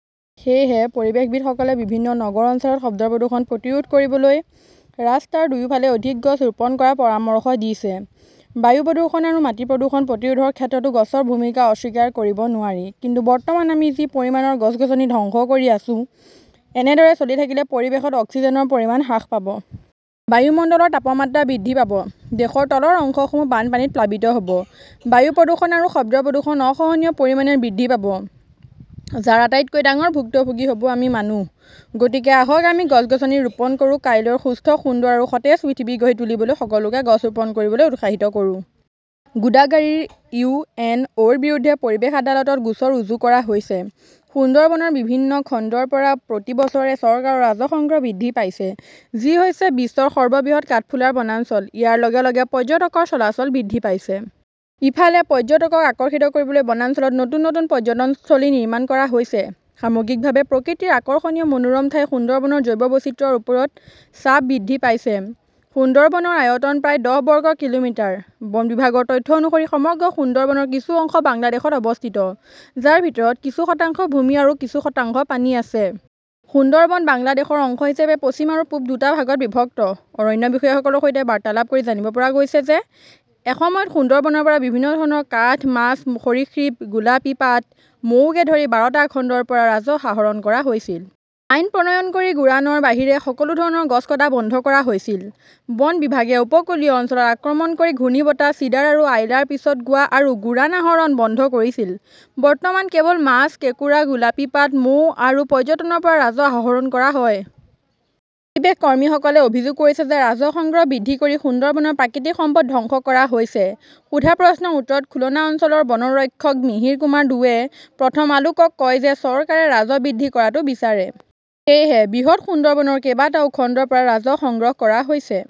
সেয়েহে পৰিৱেশবিদসকলে বিভিন্ন নগৰ অঞ্চলত শব্দ প্ৰদূষণ প্ৰতিৰোধ কৰিবলৈ ৰাস্তাৰ দুয়োফালে অধিক গছ ৰোপণ কৰাৰ পৰামৰ্শ দিছে। বায়ু প্ৰদূষণ আৰু মাটি প্ৰদূষণ প্ৰতিৰোধৰ ক্ষেত্ৰতো গছৰ ভূমিকা অস্বীকাৰ কৰিব নোৱাৰি। কিন্তু বৰ্তমান আমি যি পৰিমাণৰ গছ-গছনি ধ্বংস কৰি আছো, এনেদৰে চলি থাকিলে পৰিৱেশত অক্সিজেনৰ পৰিমাণ হ্ৰাস পাব। বায়ুমণ্ডলৰ তাপমাত্ৰা বৃদ্ধি পাব। দেশৰ তলৰ অংশসমূহ বানপানীত প্লাবিত হ'ব। বায়ু প্ৰদূষণ আৰু শব্দ প্ৰদূষণ অসহনীয় পৰিমাণে বৃদ্ধি পাব, যাৰ আটাইতকৈ ডাঙৰ ভুক্তভোগী হ'ব আমি মানুহ। গতিকে আহক আমি গছ-গছনি ৰোপণ কৰো। কাইলৈৰ সুস্থ, সুন্দৰ আৰু সতেজ পৃথিৱী গঢ়ি তুলিবলৈ সকলোকে গছ ৰোপণ কৰিবলৈ উৎসাহিত কৰো। গোদাগাড়ীৰ ইউ. এন. অ'. -ৰ বিৰুদ্ধে পৰিৱেশ আদালতত গোচৰ ৰুজু কৰা হৈছে। সুন্দৰবনৰ বিভিন্ন খণ্ডৰ পৰা প্ৰতি বছৰে চৰকাৰৰ ৰাজহ সংগ্ৰহ বৃদ্ধি পাইছে, যি হৈছে বিশ্বৰ সৰ্ববৃহৎ কাঠফুলাৰ বনাঞ্চল। ইয়াৰ লগে লগে পৰ্যটকৰ চলাচল বৃদ্ধি পাইছে। ইফালে, পৰ্যটকক আকৰ্ষিত কৰিবলৈ বনাঞ্চলত নতুন নতুন পৰ্যটনস্থলী নিৰ্মাণ কৰা হৈছে। সামগ্ৰিকভাৱে, প্ৰকৃতিৰ আকৰ্ষণীয় মনোৰম ঠাই সুন্দৰবনৰ জৈৱ বৈচিত্ৰ্যৰ ওপৰত চাপ বৃদ্ধি পাইছে। সুন্দৰবনৰ আয়তন প্ৰায় দহ বৰ্গ কিলোমিটাৰ। বন বিভাগৰ তথ্য অনুসৰি সমগ্ৰ সুন্দৰবনৰ কিছু অংশ বাংলাদেশত অৱস্থিত, যাৰ ভিতৰত কিছু শতাংশ ভূমি আৰু কিছু শতাংশ পানী আছে। সুন্দৰবন বাংলাদেশৰ অংশ হিচাপে পশ্চিম আৰু পূব দুটা ভাগত বিভক্ত। অৰণ্য বিষয়াসকলৰ সৈতে বাৰ্তালাপ কৰি জানিব পৰা গৈছে যে এসময়ত সুন্দৰবনৰ পৰা বিভিন্ন ধৰণৰ কাঠ, মাছ, সৰীসৃপ, গোলাপী পাত, মৌকে ধৰি বাৰটা খণ্ডৰ পৰা ৰাজহ আহৰণ কৰা হৈছিল। আইন প্ৰণয়ন কৰি গোৰানৰ বাহিৰে সকলো ধৰণৰ গছ কটা বন্ধ কৰা হৈছিল। বন বিভাগে উপকূলীয় অঞ্চলত আক্ৰমণ কৰা ঘূৰ্ণীবতাহ চিডাৰ আৰু আইলাৰ পিছত গোৱা আৰু গোৰান আহৰণ বন্ধ কৰিছিল। বৰ্তমান কেৱল মাছ, কেঁকোৰা, গোলাপী পাত, মৌ আৰু পৰ্যটনৰ পৰা ৰাজহ আহৰণ কৰা হৈছে। পৰিৱেশ কৰ্মীসকলে অভিযোগ কৰিছে যে ৰাজহ সংগ্ৰহ বৃদ্ধি কৰি সুন্দৰবনৰ প্ৰাকৃতিক সম্পদ ধ্বংস কৰা হৈছে। সোধা প্ৰশ্নৰ উত্তৰত খুলনা অঞ্চলৰ বনৰক্ষক মিহিৰ কুমাৰ ডোৱে প্ৰথম আলোকক কয় যে চৰকাৰে ৰাজহ বৃদ্ধি কৰাটো বিচাৰে। সেয়েহে, বৃহৎ সুন্দৰবনৰ কেইবাটাও খণ্ডৰ পৰা ৰাজহ সংগ্ৰহ কৰা হৈছে।